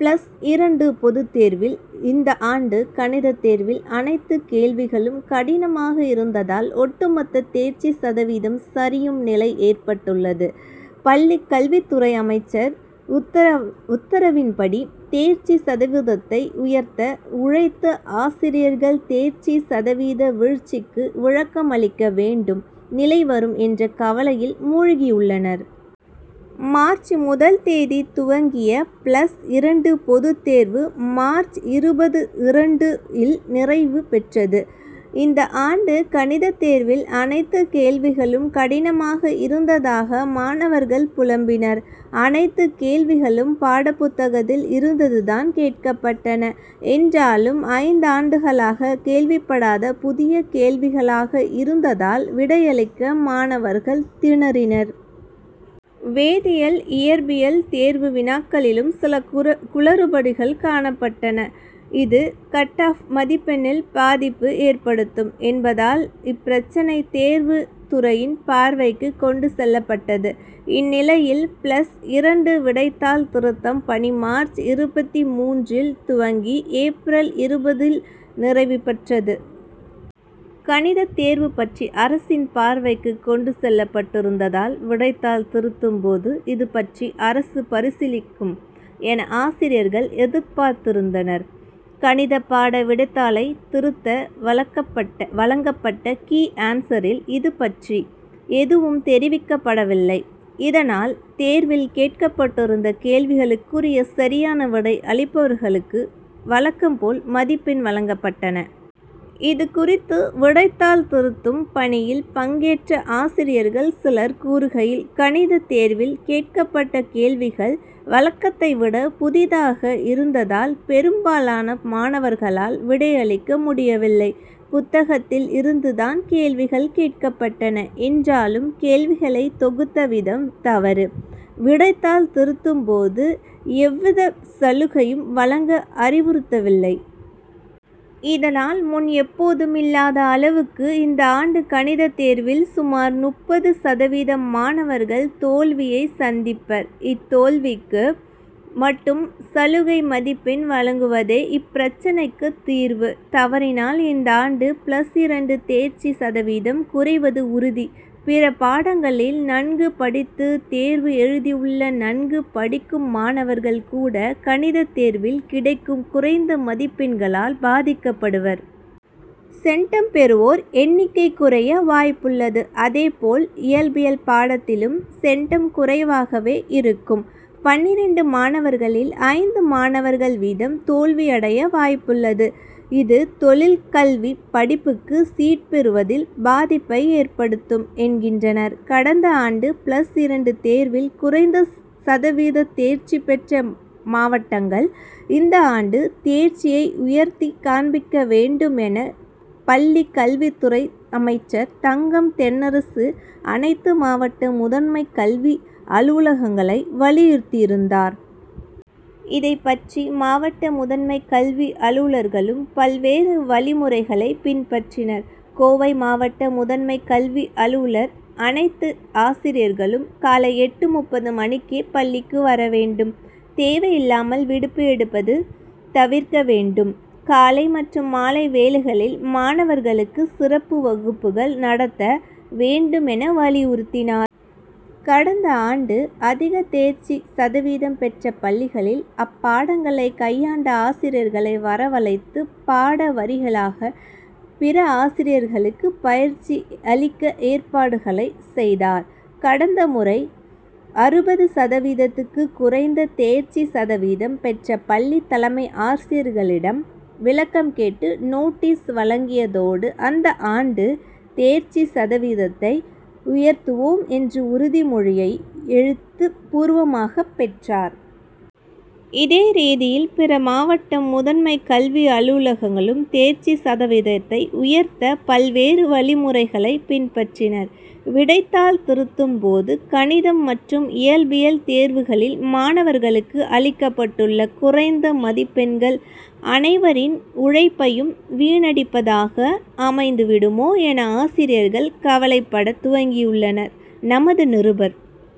Plus இரண்டு பொதுத்தேர்வில் இந்தாண்டு கணித தேர்வில் அனைத்து கேள்விகளும் கடினமாக இருந்ததால் ஒட்டுமொத்த தேர்ச்சி சதவீதம் சரியும் நிலை ஏற்பட்டுள்ளது. பள்ளி கல்வித்துறை அமைச்சர் உத்தரவுப்படி தேர்ச்சி சதவீதத்தை உயர்த்த உழைத்த ஆசிரியர்கள் தேர்ச்சி சதவீத வீழ்ச்சிக்கு விளக்கம் அளிக்க வேண்டிய நிலை வரும் என்ற கவலையில் மூழ்கியுள்ளனர். மார்ச் முதல் தேதி துவங்கிய பிளஸ் இரண்டு பொது தேர்வு மார்ச் இருபத்து இரண்டு இல் நிறைவு பெற்றது. இந்தாண்டு கணித தேர்வில் அனைத்துக் கேள்விகளும் கடினமாக இருந்ததாக மாணவர்கள் புலம்பினர். அனைத்து கேள்விகளும் பாடப்புத்தகத்தில் இருந்துதான் கேட்கப்பட்டன என்றாலும் ஐந்தாண்டுகளாக கேட்கப்படாத புதிய கேள்விகளாக இருந்ததால் விடையளிக்க மாணவர்கள் திணறினர். வேதியியல் இயற்பியல் தேர்வு வினாக்களிலும் சில குளறுபடிகள் காணப்பட்டன. இது கட் ஆப் மதிப்பெண்ணில் பாதிப்பு ஏற்படுத்தும் என்பதால் இப்பிரச்னை தேர்வு துறையின் பார்வைக்கு கொண்டு செல்லப்பட்டது. இந்நிலையில் பிளஸ் இரண்டு விடைத்தாள் திருத்தும் பணி மார்ச் இருபத்து மூன்று ல் துவங்கி ஏப். இருபது இல் நிறைவு பெற்றது. கணித தேர்வு பற்றி அரசின் பார்வைக்கு கொண்டு செல்லப்பட்டிருந்ததால் விடைத்தாள் திருத்தும்போது இதுபற்றி அரசு பரிசீலிக்கும் என ஆசிரியர்கள் எதிர்பார்த்திருந்தனர். கணித பாட விடைத்தாளை திருத்த வழங்கப்பட்ட கீ ஆன்சரில் இதுபற்றி எதுவும் தெரிவிக்கப்படவில்லை. இதனால் தேர்வில் கேட்கப்பட்டிருந்த கேள்விகளுக்குரிய சரியான விடை அளிப்பவர்களுக்கு வழக்கம் போல் மதிப்பெண் வழங்கப்பட்டன. இதுகுறித்து விடைத்தாள் திருத்தும் பணியில் பங்கேற்ற ஆசிரியர்கள் சிலர் கூறுகையில் கணித தேர்வில் கேட்கப்பட்ட கேள்விகள் வழக்கத்தை விட புதிதாக இருந்ததால் பெரும்பாலான மாணவர்களால் விடையளிக்க முடியவில்லை. புத்தகத்தில் இருந்துதான் கேள்விகள் கேட்கப்பட்டன என்றாலும் கேள்விகளை தொகுத்த விதம் தவறு. விடைத்தாள் திருத்தும்போது எவ்வித சலுகையும் வழங்க அறிவுறுத்தவில்லை. இதனால் முன் எப்போதும் இல்லாத அளவுக்கு இந்தாண்டு கணித தேர்வில் சுமார் முப்பது சதவீத மாணவர்கள் தோல்வியை சந்திப்பர். இத்தேர்வுக்கு மட்டும் சலுகை மதிப்பெண் வழங்குவதே இப்பிரச்னைக்கு தீர்வு. தவறினால் இந்தாண்டு பிளஸ் இரண்டு தேர்ச்சி சதவீதம் குறைவது உறுதி. பிற பாடங்களில் நன்கு படித்து தேர்வு எழுதியுள்ள நன்கு படிக்கும் மாணவர்கள் கூட கணித தேர்வில் கிடைக்கும் குறைந்த மதிப்பெண்களால் பாதிக்கப்படுவர். சென்டம் பெறுவோர் எண்ணிக்கையும் குறைய வாய்ப்புள்ளது. அதேபோல் இயற்பியல் பாடத்திலும் சென்டம் குறைவாகவே இருக்கும். பன்னிரண்டு மாணவர்களில் ஐந்து மாணவர்கள் வீதம் தோல்வி அடைய வாய்ப்புள்ளது. இதுதொழிற் கல்வி படிப்புகளுக்கு சீட் பெறுவதில் பாதிப்பை ஏற்படுத்தும் என்றனர். கடந்தாண்டு பிளஸ் இரண்டு தேர்வில் குறைந்த சதவீத தேர்ச்சி பெற்ற மாவட்டங்கள் இந்தாண்டு தேர்ச்சியை உயர்த்திக் காண்பிக்க வேண்டும் என பள்ளி கல்வித் துறை அமைச்சர் தங்கம் தென்னரசு அனைத்து மாவட்ட முதன்மை கல்வி அலுவலர்களையும் வலியுறுத்தியிருந்தார். இதைப்பற்றி மாவட்ட முதன்மை கல்வி அலுவலர்களும் பல்வேறு வழிமுறைகளை பின்பற்றினர். கோவை மாவட்ட முதன்மை கல்வி அலுவலர் அனைத்து ஆசிரியர்களும் காலை எட்டு முப்பது மணிக்கே பள்ளிக்கு வர வேண்டும் தேவையில்லாமல் விடுப்பு எடுப்பதை தவிர்க்க வேண்டும். காலை மற்றும் மாலை வேளைகளில் மாணவர்களுக்கு சிறப்பு வகுப்புகள் நடத்த வேண்டும் என வலியுறுத்தினார். கடந்த ஆண்டு அதிக தேர்ச்சி சதவீதம் பெற்ற பள்ளிகளில் அப்பாடங்களை கையாண்ட ஆசிரியர்களை வரவழைத்து பாடம் வாரியாக பிற ஆசிரியர்களுக்கு பயிற்சி அளிக்க ஏற்பாடுகளை செய்தார். கடந்த முறை அறுபது சதவீதத்துக்கு குறைந்த தேர்ச்சி சதவீதம் பெற்ற பள்ளி தலைமை ஆசிரியர்களிடம் விளக்கம் கேட்டு நோட்டீஸ் வழங்கியதோடு இந்த ஆண்டு தேர்ச்சி சதவீதத்தை உயர்த்துவோம் என்ற உறுதி மொழியையும் எழுத்துப் பூர்வமாக பெற்றார். இதே ரீதியில் பிற மாவட்ட முதன்மை கல்வி அலுவலர்களும் தேர்ச்சி சதவீதத்தை உயர்த்த பல்வேறு வழிமுறைகளை பின்பற்றினர். விடைத்தாள் திருத்தும் போது கணிதம் மற்றும் இயற்பியல் தேர்வுகளில் மாணவர்களுக்கு அளிக்கப்பட்டுள்ள குறைந்த மதிப்பெண்கள் அனைவரின் உழைப்பையும் வீணடிப்பதாக அமைந்து விடுமோ என ஆசிரியர்கள் கவலைப்பட துவங்கியுள்ளனர். நமது நிருபர்.